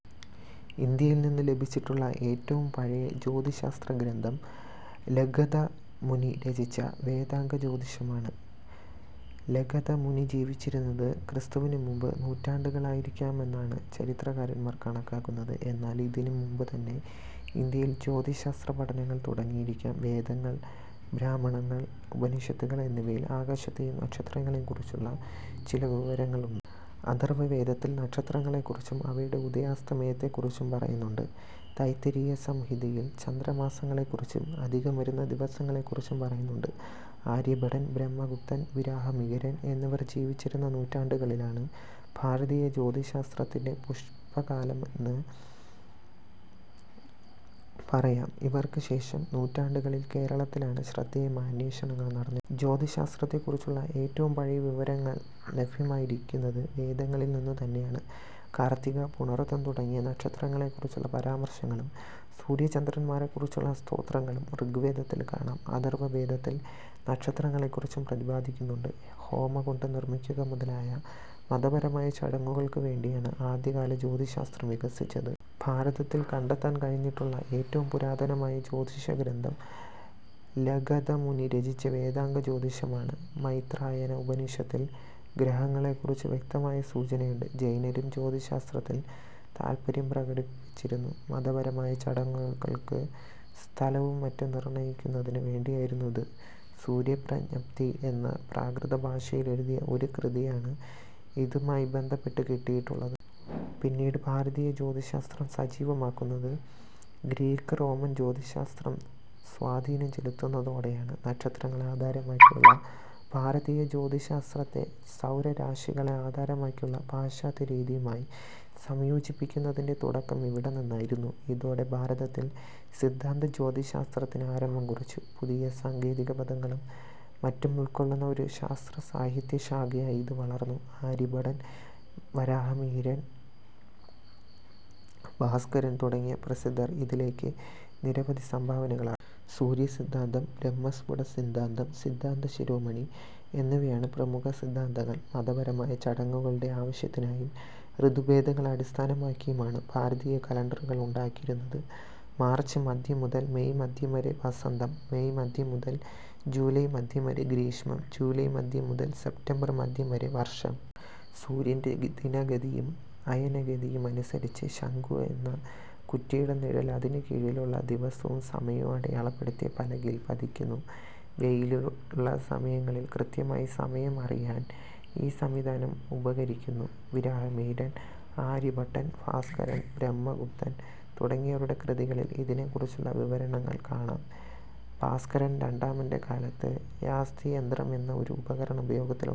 ഇന്ത്യയിൽ നിന്നും ലഭിച്ചിട്ടുള്ള ഏറ്റവും പഴയ ജ്യോതിശാസ്ത്രഗ്രന്ഥം ലഗധമുനി രചിച്ച വേദാംഗജ്യോതിഷം ആണ്. ലഗധമുനി ജീവിച്ചിരുന്നത് ക്രി. മു. നൂറ്റാണ്ടുകളിലായിരിക്കാമെന്നാണ് ചരിത്രകാരന്മാർ കണക്കാക്കുന്നത്. എന്നാൽ ഇതിനും മുമ്പുതന്നെ ഇന്ത്യയിൽ ജ്യോതിശാസ്ത്ര പഠനം തുടങ്ങിയിരിക്കാം. വേദങ്ങൾ, ബ്രാഹ്മണങ്ങൾ, ഉപനിഷത്തുകൾ എന്നിവയിൽ ആകാശത്തെയും നക്ഷത്രങ്ങളെയും കുറിച്ചുള്ള ചില വിവരങ്ങൾ ഉണ്ട്. അഥർവ്വവേദത്തിൽ നക്ഷത്രങ്ങളെ കുറിച്ചും അവയുടെ ഉദയാസ്തമയത്തെ കുറിച്ചും പറയുന്നുണ്ട്. തൈത്തിരീയ സംഹിതയിൽ ചന്ദ്രമാസങ്ങളെ കുറിച്ചും അധികം വരുന്ന ദിവസങ്ങളെ കുറിച്ചും പറയുന്നുണ്ട്. ആര്യഭടൻ, ബ്രഹ്മഗുപ്തൻ, വരാഹമിഹിരൻ എന്നിവർ ജീവിച്ചിരുന്ന, നൂറ്റാണ്ടുകളാണ് ഭാരതീയ ജ്യോതിശാസ്ത്രത്തിന്റെ പുഷ്കലകാലമെന്നു പറയാം. ഇവർക്കു ശേഷം നൂറ്റാണ്ടുകളിൽ കേരളത്തിലാണ് ശ്രദ്ധേയമായ അന്വേഷണങ്ങൾ നടന്നിട്ടുള്ളത്. ജ്യോതിശാസ്ത്രത്തെ കുറിച്ചുള്ള ഏറ്റവും പഴയ വിവരണങ്ങൾ ലഭ്യമായിരിക്കുന്നത് വേദങ്ങളിൽ നിന്നു തന്നെയാണ്. കാർത്തിക, പുണർതം തുടങ്ങിയ നക്ഷത്രങ്ങളെ കുറിച്ചുള്ള പരാമർശങ്ങളും സൂര്യ ചന്ദ്രന്മാരെ കുറിച്ചുള്ള സ്തോത്രങ്ങളും ഋഗ്വേദത്തിൽ കാണാം. അഥർവ വേദത്തിൽ നക്ഷത്രങ്ങളെ കുറിച്ചും പ്രദിപാദിക്കുന്നുണ്ട്.. ഹോമകുണ്ഡം നിർമ്മിക്കുക മുതലായ മതപരമായ ചടങ്ങുകൾക്കു വേണ്ടിയാണ് ആദ്യകാല ജ്യോതിശാസ്ത്രം വികസിച്ചത്. ഭാരതത്തിൽ കണ്ടെത്താൻ കഴിഞ്ഞിട്ടുള്ള ഏറ്റവും പുരാതനമായ ജ്യോതിഷ ഗ്രന്ഥം ലഗധമുനി രചിച്ച വേദാംഗജ്യോതിഷം ആണ്. മൈത്രായന ഉപനിഷത്തിൽ ഗ്രഹങ്ങളെ കുറിച്ച് വ്യക്തമായ സൂചനയുണ്ട്. ജൈനരും ജ്യോതിശാസ്ത്രത്തിൽ താൽപര്യം പ്രകടിപ്പിച്ചിരുന്നു. മതപരമായ ചടങ്ങുകൾക്ക് സ്ഥലവും മറ്റും നിർണ്ണയിക്കുന്നതിനു വേണ്ടിയയിരുന്നു ഇത്. സൂര്യപ്രജ്ഞപ്തി എന്ന പ്രാകൃതഭാഷയിലെഴുതിയ ഒരു കൃതിയണ് ഇതുമായി ബന്ധപ്പെട്ടു കിട്ടിയിട്ടുള്ളത്. പിന്നീട് ഭാരതീയ ജ്യോതിശാസ്ത്രം സജ്ജീവമാകുന്നത് ഗ്രീക്ക്-റോമൻ ജ്യോതിശാസ്ത്രം സ്വാധീനം ചെലുത്തുന്നതോടെയാണ്. നക്ഷത്രങ്ങളെ ആധാരമാക്കിയുള്ള ഭാരതീയ ജ്യോതിശാസ്ത്രത്തെ സൗരരാശികളെ ആധാരമാക്കിയുള്ള പാശ്ചാത്യ രീതിയുമായി സംയോജിപ്പിക്കുന്നതിന്റെ തുടക്കം ഇവിടെ നിന്നായിരുന്നു. ഇതോടെ ഭാരതത്തിൽ സിദ്ധാന്തജ്യോതിശാസ്ത്രത്തിന് ആരംഭം കുറിച്ചു. പുതിയ സാങ്കേതികപദങ്ങളും മറ്റുമുൾക്കൊള്ളുന്ന ഒരു ശാസ്ത്രസാഹിത്യശാഖയായി ഇത് വളർന്നു. ആര്യഭടൻ, വരാഹമിഹിരൻ, ഭാസ്കരൻ, തുടങ്ങിയ പ്രസിദ്ധർ ഇതിലേക്ക് നിരവധി സംഭാവനകളർപ്പിച്ചു. സൂര്യസിദ്ധാന്തം, ബ്രഹ്മസ്ഫുടസിദ്ധാന്തം, സിദ്ധാന്ത ശിരോമണി എന്നിവയാണ് പ്രമുഖസിദ്ധാന്തങ്ങൾ. മതപരമായ ചടങ്ങുകളുടെ ആവശ്യത്തിനായും ഋതുഭേദങ്ങളെ അടിസ്ഥാനമാക്കിയുമാണ് ഭാരതീയ കലണ്ടറുകൾ ഉണ്ടാക്കിയത്. മാർച്ച് മദ്ധ്യം മുതൽ മെയ് മദ്ധ്യം വരെ വസന്തം. മെയ് മദ്ധ്യം മുതൽ ജൂലൈ മദ്ധ്യം വരെ ഗ്രീഷ്മം. ജൂലൈ മദ്ധ്യം മുതൽ സപ്റ്റംബർ മദ്ധ്യം വരെ വർഷം. സൂര്യന്റെ ദിനഗതിയും അയനഗതിയും അനുസരിച്ച് ശങ്കു എന്ന കുറ്റിയുടെ നിഴൽ അതിനുകീഴിലുള്ള, ദിവസവും സമയവും അടയാളപ്പെടുത്തിയ പലകയിൽ പതിയ്ക്കുന്നു. വെയിലുള്ള സമയങ്ങളിൽ കൃത്യമായി സമയം അറിയാൻ ഈ സംവിധാനം ഉപകരിക്കുന്നു. വരാഹമിഹിരൻ, ആര്യഭട്ടൻ, ഭാസ്കരൻ, ഭ്രഹ്മഗുപ്തൻ തുടങ്ങിയവരുടെ കൃതികളിൽ ഇതിനെ കുറിച്ചുള്ള വിവരണങ്ങൾ കാണാം. ഭാസ്കരൻ രണ്ടാമന്റെ കാലത്ത് യാസ്തിയന്ത്രം എന്ന ഒരു ഉപകരണം ഉപയോഗത്തിലുണ്ടായിരുന്നു.